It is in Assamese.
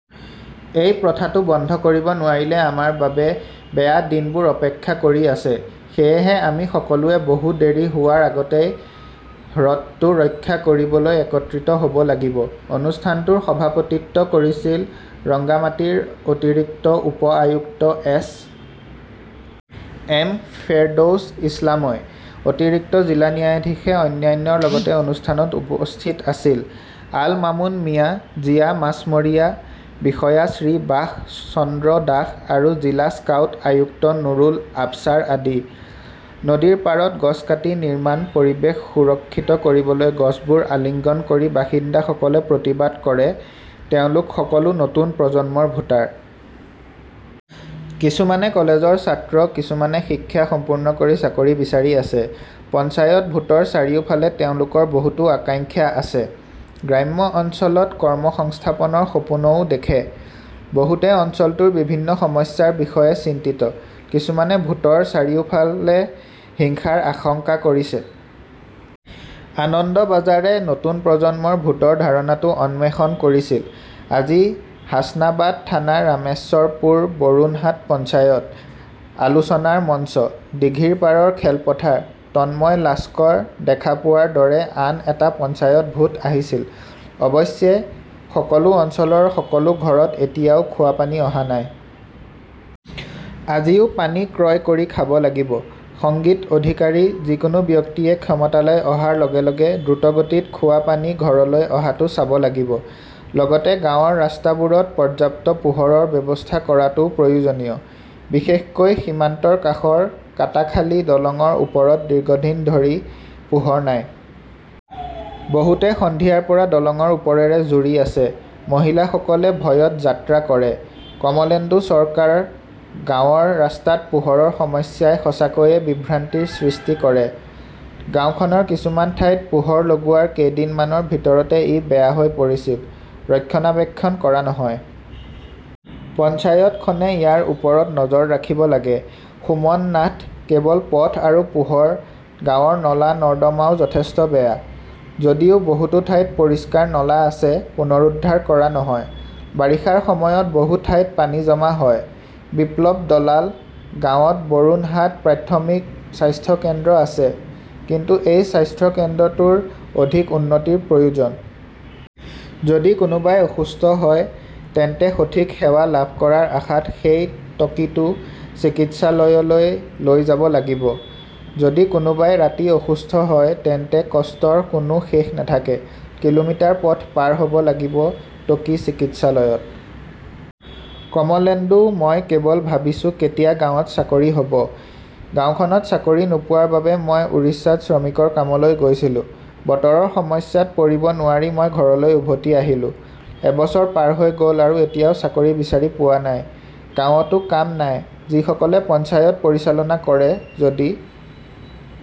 এই প্ৰথাটো বন্ধ কৰিব নোৱাৰিলে আমাৰ বাবে বেয়া দিনবোৰ অপেক্ষা কৰি আছে। সেয়েহে আমি সকলোৱে বহু দেৰি হোৱাৰ আগতেই হ্ৰদটো ৰক্ষা কৰিবলৈ একত্ৰিত হ "ব লাগিব। "অনুষ্ঠানটোৰ সভাপতিত্ব কৰিছিল ৰংগামাটীৰ অতিৰিক্ত উপ-আয়ুক্ত এছ. এম. ফেৰদৌছ ইছলামই। অতিৰিক্ত জিলা ন্যায়াধীশে অন্যান্যৰ লগতে অনুষ্ঠানত উপস্থিত আছিল। আল মামুন মিয়া, জিলা মাছমৰীয়া বিষয়া শ্ৰীবাস চন্দ্ৰ দাস আৰু জিলা স্কাউট আয়ুক্ত নুৰুল আবছাৰ আদি। নদীৰ পাৰত গছ কাটি নিৰ্মাণ, পৰিৱেশ সুৰক্ষিত কৰিবলৈ গছবোৰ আলিঙ্গন কৰি বাসিন্দাসকলে প্ৰতিবাদ কৰে তেওঁলোক সকলো নতুন প্ৰজন্মৰ ভোটাৰ। কিছুমানে কলেজৰ ছাত্ৰ, কিছুমানে শিক্ষা সম্পূৰ্ণ কৰি চাকৰি বিচাৰি আছে। পঞ্চায়ত ভোটৰ চাৰিওফালে তেওঁলোকৰ বহুতো আকাংক্ষা আছে। গ্ৰাম্য অঞ্চলত কৰ্মসংস্থাপনৰ সপোনও দেখে। বহুতে অঞ্চলটোৰ বিভিন্ন সমস্যাৰ বিষয়ে চিন্তিত। কিছুমানে ভোটৰ চাৰিওফালে হিংসাৰ আশংকা কৰিছে। আনন্দবাজাৰে নতুন প্ৰজন্মৰ ভোটৰ ধাৰণাটো অন্বেষণ কৰিছিল। আজি হাচনাবাদ থানাৰ ৰামেশ্বৰপুৰ বৰুণহাট পঞ্চায়ত। আলোচনাৰ মঞ্চ, দিঘিৰপাৰৰ খেলপথাৰ। তন্ময় লাস্কৰঃ দেখা পোৱাৰ দৰে আন এটা পঞ্চায়ত ভোট আহিছিল। অৱশ্যে, সকলো অঞ্চলৰ সকলো ঘৰত এতিয়াও খোৱা পানী অহা নাই। আজিও পানী ক্ৰয় কৰি খাব লাগিব। সংগীত অধিকাৰীঃ যিকোনো ব্যক্তিয়ে ক্ষমতালৈ অহাৰ লগে লগে দ্ৰুতগতিত খোৱা পানী ঘৰলৈ অহাটো চাব লাগিব। লগতে গাঁৱৰ ৰাস্তাবোৰত পৰ্যাপ্ত পোহৰৰ ব্যৱস্থা কৰাটোও প্ৰয়োজনীয়। বিশেষকৈ সীমান্তৰ কাষৰ কাটাখালি দলংৰ ওপৰত দীৰ্ঘদিন ধৰি পোহৰ নাই। বহুতে সন্ধিয়াৰ পৰা দলংৰ ওপৰেৰে জুৰি আছে। মহিলাসকলে ভয়ত যাত্ৰা কৰে। কমলেন্দু চৰকাৰঃ গাঁৱৰ ৰাস্তাত পোহৰৰ সমস্যাই সঁচাকৈয়ে বিভ্ৰান্তিৰ সৃষ্টি কৰে। গাওঁখনৰ কিছুমান ঠাইত পোহৰ লগোৱাৰ কেইদিনমানৰ ভিতৰতে ই বেয়া হৈ পৰিছিল। ৰক্ষণাবেক্ষণ কৰা নহয়। পঞ্চায়তখনে ইয়াৰ ওপৰত নজৰ ৰাখিব লাগে। সুমন নাথঃ কেৱল পথ আৰু পোহৰ, গাঁৱৰ নলা-নৰ্দমাও যথেষ্ট বেয়া। যদিও বহুতো ঠাইত পৰিষ্কাৰ নলা আছে, পুনৰুদ্ধাৰ কৰা নহয়। বাৰিষাৰ সময়ত বহু ঠাইত পানী জমা হয়। বিপ্লৱ দলালঃ গাঁৱত বৰুণহাট প্ৰাথমিক স্বাস্থ্য কেন্দ্ৰ আছে, কিন্তু এই স্বাস্থ্য কেন্দ্ৰটোৰ অধিক উন্নতিৰ প্ৰয়োজন। যদি কোনোবাই অসুস্থ হয় তেন্তে সঠিক সেৱা লাভ কৰাৰ আশাত সেই টকীটো চিকিৎসালয়লৈ লৈ যাব লাগিব। যদি কোনোবাই ৰাতি অসুস্থ হয় তেন্তে কষ্টৰ কোনো শেষ নাথাকে। কিলোমিটাৰ পথ পাৰ হ "ব লাগিব টকি চিকিৎসালয়ত। কমলেন্দুঃ মই কেৱল ভাবিছোঁ কেতিয়া গাঁৱত চাকৰি হ 'ব। গাওঁখনত চাকৰি নোপোৱাৰ বাবে মই উৰিষ্যাত শ্ৰমিকৰ কামলৈ গৈছিলো। বতৰৰ সমস্যাত পৰিব নোৱাৰি মই ঘৰলৈ উভতি আহিলো। এবছৰ পাৰ হৈ গ "ল আৰু এতিয়াও চাকৰি বিচাৰি পোৱা নাই। গাঁৱতো কাম নাই। যিসকলে পঞ্চায়ত পৰিচালনা কৰে, যদি